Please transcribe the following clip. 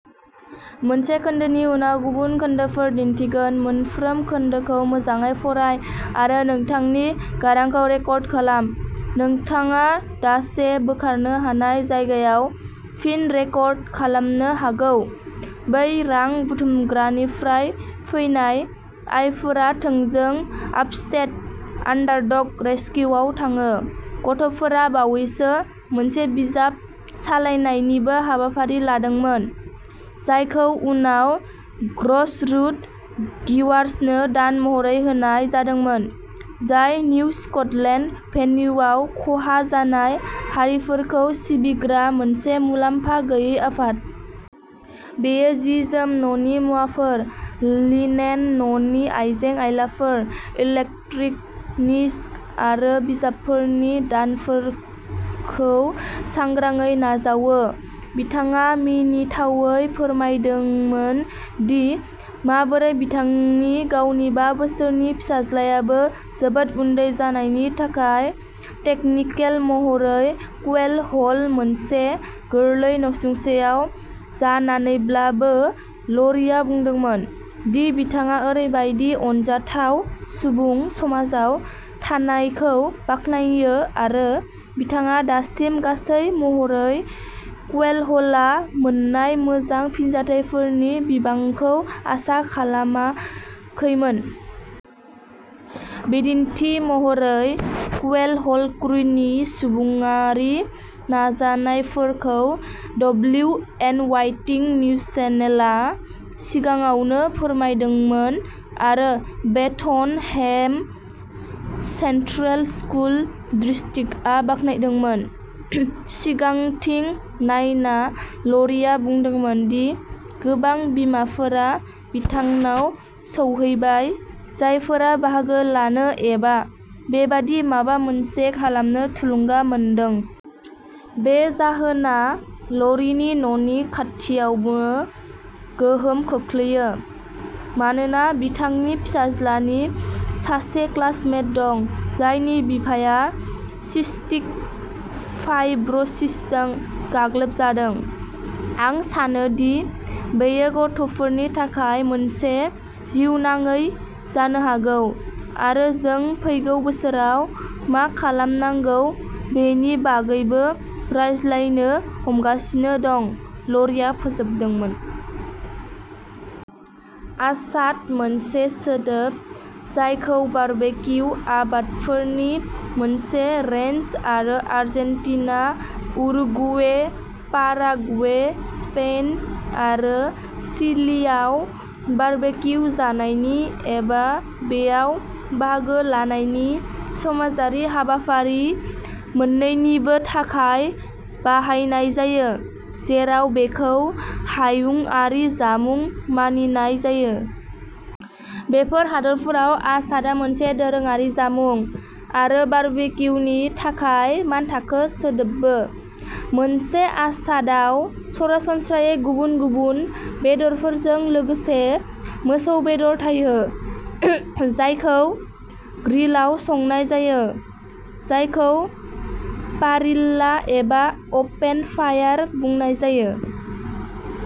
बै रां बुथुमग्रानिफ्राय फैनाय आयफोरा थोंजों आपस्टेट आन्डारडग रेसकिउआव थाङो। गथ'फोरा बावैसो मोनसे बिजाब सालायनायनिबो हाबाफारि लादोंमोन, जायखौ उनाव ग्रासरुट गिवार्सनो दान महरै होनाय जादोंमोन, जाय निउ स्कटलेन्ड एभेन्युआव खहा जानाय हारिफोरखौ सिबिग्रा मोनसे मुलाम्फा गैयै आफाद। बेयो जि-जोम, न'नि मुवाफोर, लिनेन, न'नि आइजें-आइलाफोर, इलेक्ट्रनिक्स आरो बिजाबफोरनि दानफोरखौ सांग्राङै नाजावो। बिथाङा मिनिथावै फोरमायदोंमोन दि माबोरै बिथांनि गावनि बा बोसोरनि फिसाज्लायाबो जोबोद उन्दै जानायनि थाखाय टेकनिकेल महरै क्वेल हल मोनसे गोरलै नसुंसेआव जानानैब्लाबो, ल'रिआ बुंदोंमोन दि बिथाङा ओरैबायदि अनजाथाव सुबुं समाजाव थानायखौ बाख्नायो आरो बिथाङा दासिम गासै महरै क्वेल हल'आ मोन्नाय मोजां फिनजाथायफोरनि बिबांखौ आसा खालामाखैमोन। बिदिन्थि महरै, क्वेल हल'क्रुनि सुबुंआरि नाजानायफोरखौ डब्लिउएनवाइटि निउजचेनेल आ सिगाङावनो फोरमायदोंमोन आरो बेथलहेम सेन्ट्रेल स्कुल डिस्ट्रिक्टआ बाख्नायदोंमोन। सिगांथिं नायना, ल'रिआ बुंदोंमोन दि गोबां बिमाफोरा बिथांनाव सौहैबाय जायफोरा बाहागो लानो एबा बेबादि माबा मोनसे खालामनो थुलुंगा मोनदों। बे जाहोना ल'रीनि न'नि खाथियावनो गोहोम खोख्लैयो मानोना बिथांनि फिसाज्लानि सासे क्लासमेट दं जायनि बिफाया सिस्टिक फाइब्र'सिसजों गाग्लोबजादों। "आं सानो दि बेयो गथ'फोरनि थाखाय मोनसे जिउनाङै जानो हागौ, आरो जों फैगौ बोसोराव मा खालामनांगौ बेनि बागैबो रायज्लायनो हमगासिनो दं", ल'रीआ फोजोबदोंमोन। आसाद' मोनसे सोदोब जायखौ बारबेक्यू आदबफोरनि मोनसे रेन्ज आरो आर्जेन्टिना, उरुगुवे, पाराग्वे, स्पेन आरो चिलीआव बारबेक्यू जानायनि एबा बेयाव बाहागो लानायनि समाजारि हाबाफारि मोन्नैनिबो थाखाय बाहायनाय जायो, जेराव बेखौ हायुंआरि जामुं मानिनाय जायो। बेफोर हादोरफोराव, आसाद'आ मोनसे दोरोङारि जामुं आरो "बारबेक्यू" नि थाखाय मानथाखो सोदोबबो। मोनसे आसाद'आव सरासनस्रायै गुबुन गुबुन बेदरफोरजों लोगोसे मोसौ बेदर थायो, जायखौ ग्रिलआव संनाय जायो, जायखौ पारिल्ला एबा अपेन फायार बुंनाय जायो।